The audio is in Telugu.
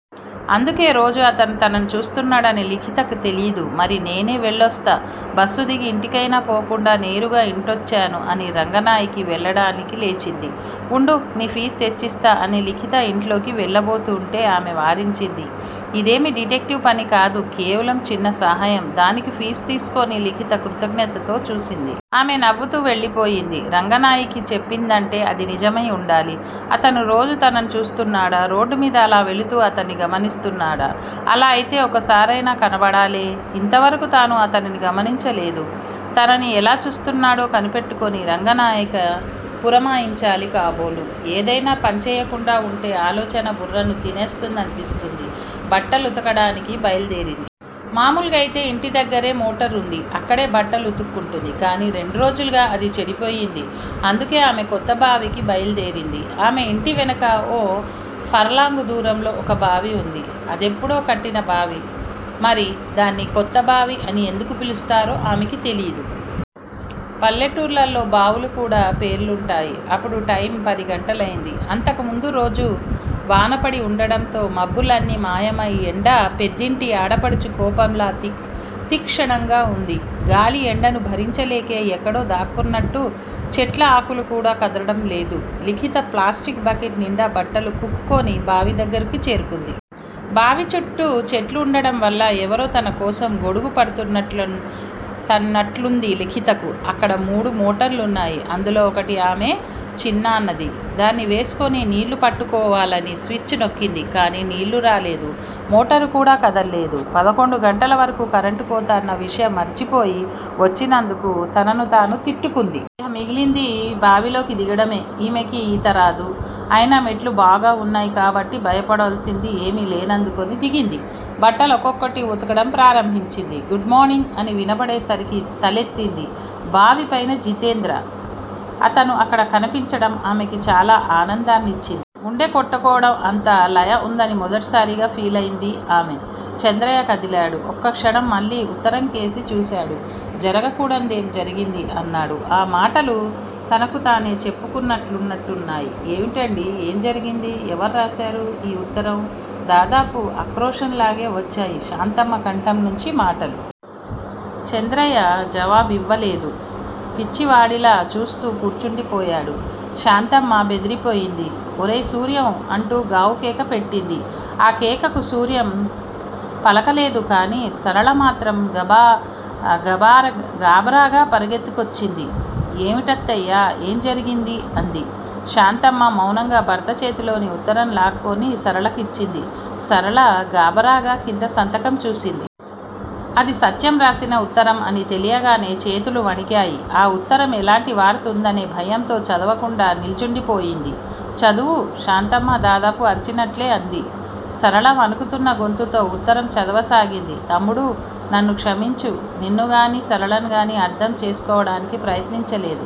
అందుకే రోజూ అతను తనను చూస్తున్నాడని లిఖితకు తెలీదు. మరి నే వెళ్ళొస్తా బస్సు దిగి ఇంటికైనా పోకుండా నేరుగా ఇటొచ్చాను అని రంగనాయకి వెళ్ళడానికి లేచింది. వుండు- నీ ఫీజు తెచ్చిస్తా అని లిఖిత ఇంట్లోకి వెళ్ళబోతుంటే ఆమె వారించింది. ఇదేమి డిటెక్టివ్ పని కాదుగా కేవలం చిన్న సాయం దానికి ఫీజు తీసుకోను లిఖిత కృతజ్ఞతతో చూసింది. ఆమె నవ్వుతూ వెళ్ళిపోయింది. రంగనాయకి చెప్పిందంటే అది నిజమై వుండాలి. అతను రోజూ తనను చూస్తున్నాడా? రోడ్డుమీద అలా వెళుతూ తనని గమనిస్తున్నాడా? అలా అయితే ఒకసారైనా కనబడాలే. ఇంతవరకు తాను అతనిని గమనించలేదు. తనని ఎలా చూస్తున్నాడో కనిపెట్టుకుని రంగనాయకి పురమాయించాలి కాబోలు. ఏదయినా పనిచేయకుండా వుంటే ఆలోచనలు బుర్రను తినేస్తాయనిపించి బట్టలుతకడానికి బయల్దేరింది. మామూలుగా అయితే ఇంటి దగ్గరే మోటరుంది. అక్కడే బట్టలు వుతుక్కుంటుంది. కానీ రెండు రోజులుగా అది చెడిపోయింది. అందుకే ఆమె కొత్తబావికి బయల్దేరింది. ఆమె ఇంటివెనక ఓ ఫర్లాంగు దూరంలో ఆ బావి వుంది. అదెప్పుడో కట్టిన బావి. మరి దాన్ని 'కొత్త బావి' అని ఎందుకు పిలుస్తారో ఆమెకు తెలీదు. పల్లెటూర్లలో బావులకు కూడా పేర్లుంటాయి. అప్పుడు టైమ్ పదిగంటలైంది. అంతకుముందు రోజు వానపడి వుండడంతో మబ్బులన్నీ మాయమై ఎండ పెద్దింటి ఆడపడుచు కోపంలా తీక్షణంగా వుంది. గాలి ఎండను భరించలేక ఎక్కడో దాక్కున్నట్టు చెట్ల ఆకులు కూడా కదలడం లేదు. లిఖిత ప్లాస్టిక్ బకెట్ నిండా బట్టలు కుక్కుకుని బావి దగ్గరికి చేరుకుంది. బావి చుట్టూ చెట్లు వుండడం వల్ల ఎవరో తనకోసం గొడుగు పడుతున్నట్టుంది లిఖితకు. అక్కడ మూడు మోటార్లున్నాయి. అందులో ఒకటి ఆమె చిన్నాన్నది. దాన్ని వేసుకుని నీళ్ళు పట్టుకోవాలని స్విచ్ నొక్కింది కానీ నీళ్ళు రాలేదు. మోటారు కూడా కదల్లేదు. పదకొండు గంటల వరకు కరెంటు కోత అన్న విషయం మరిచిపోయి వచ్చినందుకు తనని తాను తిట్టుకుంది. ఇహ మిగిలింది బావిలోకి దిగడమే. ఆమెకి ఈతరాదు. అయినా మెట్లు బాగా వున్నాయి కాబట్టి భయపడాల్సింది ఏమీ లేదనుకుని దిగింది. బట్టలు ఒక్కొక్కటే వుతకడం ప్రారంభించింది. గుడ్ మార్నింగ్ అని వినబడేసరికి తలెత్తింది. బావి పైన జితేంద్ర. అతను అక్కడ కనిపించడం ఆమెకి చాలా ఆనందాన్నిచ్చింది. గుండె కొట్టుకోవడంలో అంత లయ ఉందని మొదటిసారి ఫీలయ్యింది ఆమె. చంద్రయ్య కదిలాడు. ఓ క్షణం మళ్ళీ ఉత్తరంకేసి చూశాడు. జరగకూడందే జరిగింది! అన్నాడు. ఆ మాటలు తనకుతానే చెప్పుకుంటున్నట్లున్నాయి. ఏమిటండీ! ఏం జరిగింది? ఎవరు రాశారు ఆ ఉత్తరం? దాదాపు ఆక్రోశంలాగే వచ్చాయి శాంతమ్మ కంఠంనుంచి మాటలు. చంద్రయ్య జవాబివ్వలేదు. పిచ్చివాడిలా చూస్తూ కూర్చుండిపోయాడు. శాంతమ్మ బెదిరిపోయింది. ఒరే సూర్యం! అంటూ గావుకేక పెట్టింది. ఆ కేకకు సూర్యం పలకలేదుకాని సరళమాత్రం గాబరాగా పరుగెత్తుకొచ్చింది. ఏమిటత్తయ్యా, ఏం జరిగింది? అంది. శాంతమ్మ మౌనంగా భర్త చేతిలోని ఉత్తరాన్ని లాక్కొని సరళ కిచ్చింది. సరళ గాబరాగా కింద సంతకం చూసింది. అది సత్యం రాసిన ఉత్తరం అని తెలియగానే చేతులు వణికాయి. ఆ ఉత్తరంలో ఎలాంటి వార్త ఉందోననే భయంతో చదవకుండా నిల్చుండిపోయింది. చదువు! శాంతమ్మ దాదాపు అరిచినట్లే అంది. సరళ వణుకుతున్న గొంతుతో ఉత్తరం చదవసాగింది: తమ్ముడూ! నన్ను క్షమించు. నిన్నుగానీ, సరళనుగానీ అర్ధం చేసుకోవటానికి ప్రయత్నించలేదు.